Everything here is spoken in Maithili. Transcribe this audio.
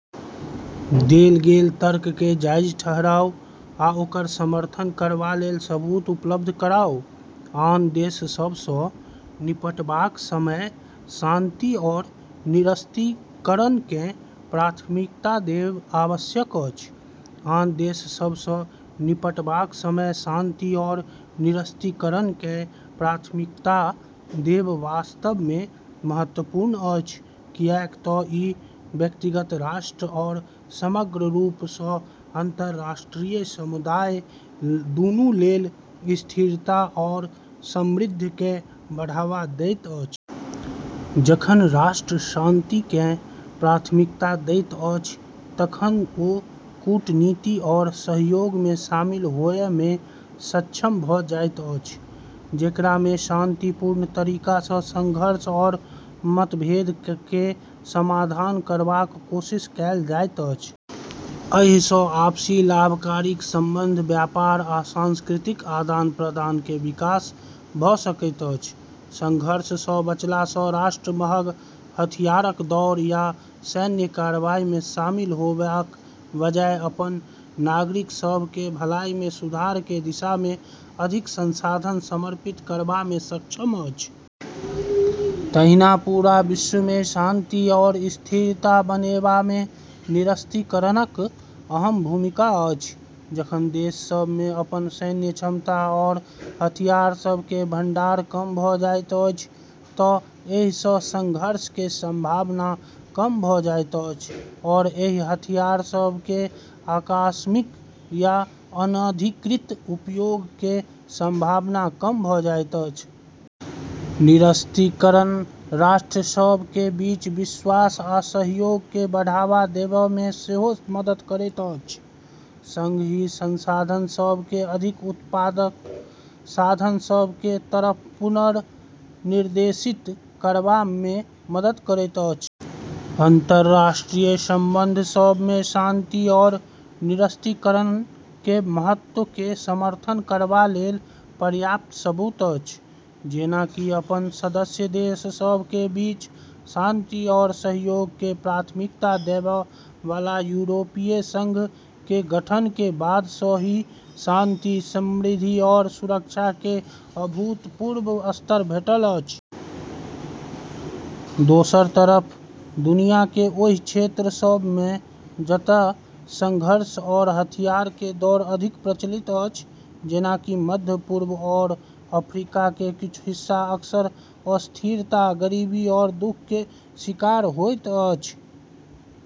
देल गेल तर्क केँ जायज ठहराऊ आ ओकर समर्थन करबा लेल सबूत उपलब्ध कराउ। आन देश सभ सँ निपटबाक समय शांति आओर निरस्त्रीकरण केँ प्राथमिकता देब आवश्यक अछि। आन देश सभ सँ निपटबाक समय शांति आओर निरस्त्रीकरण केँ प्राथमिकता देब वास्तव मे महत्वपूर्ण अछि, कियाक तँ ई व्यक्तिगत राष्ट्र आओर समग्र रूप सँ अंतरराष्ट्रीय समुदाय दूनू लेल स्थिरता आओर समृद्धि केँ बढ़ावा दैत अछि। जखन राष्ट्र शांति केँ प्राथमिकता दैत अछि तखन ओ कूटनीति आओर सहयोग मे शामिल होए मे सक्षम भऽ जाइत अछि, जेकरा मे शांतिपूर्ण तरीका सँ संघर्ष आओर मतभेद केर समाधान करबाक कोशिश कएल जाइत अछि। एहि सँ आपसी लाभकारी संबंध, व्यापार, आ सांस्कृतिक आदान-प्रदान केर विकास भऽ सकैत अछि। संघर्ष सँ बचला सँ राष्ट्र महग हथियारक दौड़ या सैन्य कार्रवाई मे शामिल होएबाक बजाय, अपन नागरिक सभ केर भलाई मे सुधार केर दिशा मे अधिक संसाधन समर्पित करबा मे सक्षम अछि। तहिना पूरा विश्व मे शांति आ स्थिरता बनेबा मे निरस्त्रीकरणक अहम भूमिका अछि। जखन देश सभ मे अपन सैन्य क्षमता आओर हथियार सभ केर भंडार कम भऽ जाइत अछि तँ एहि सँ संघर्ष केर संभावना कम भऽ जाइत अछि आओर एहि हथियार सभ केर आकस्मिक या अनधिकृत उपयोग केर संभावना कम भऽ जाइत अछि। निरस्त्रीकरण राष्ट्र सभ केर बीच विश्वास आ सहयोग केँ बढ़ावा देबै मे सेहो मदद करैत अछि, संग ही संसाधन सभ केँ अधिक उत्पादक साधन सभ केर तरफ पुनर्निर्देशित करबा मे मदद करैत अछि। अंतरराष्ट्रीय संबंध सभ मे शांति आओर निरस्त्रीकरण केर महत्व केर समर्थन करबा लेल पर्याप्त सबूत अछि। जेना कि अपन सदस्य देश सभ केर बीच शांति आओर सहयोग केँ प्राथमिकता देबै बला यूरोपीय संघ केर गठन केर बाद सँ ही शांति, समृद्धि आओर सुरक्षा केर अभूतपूर्व स्तर भेटल अछि। दोसर तरफ दुनिया केर ओहि क्षेत्र सभ मे जतय संघर्ष आओर हथियार केर दौड़ अधिक प्रचलित अछि, जेना कि मध्य पूर्व आओर अफ्रीका केर किछु हिस्सा, अक्सर अस्थिरता, गरीबी आओर दुख केर शिकार होइत अछि।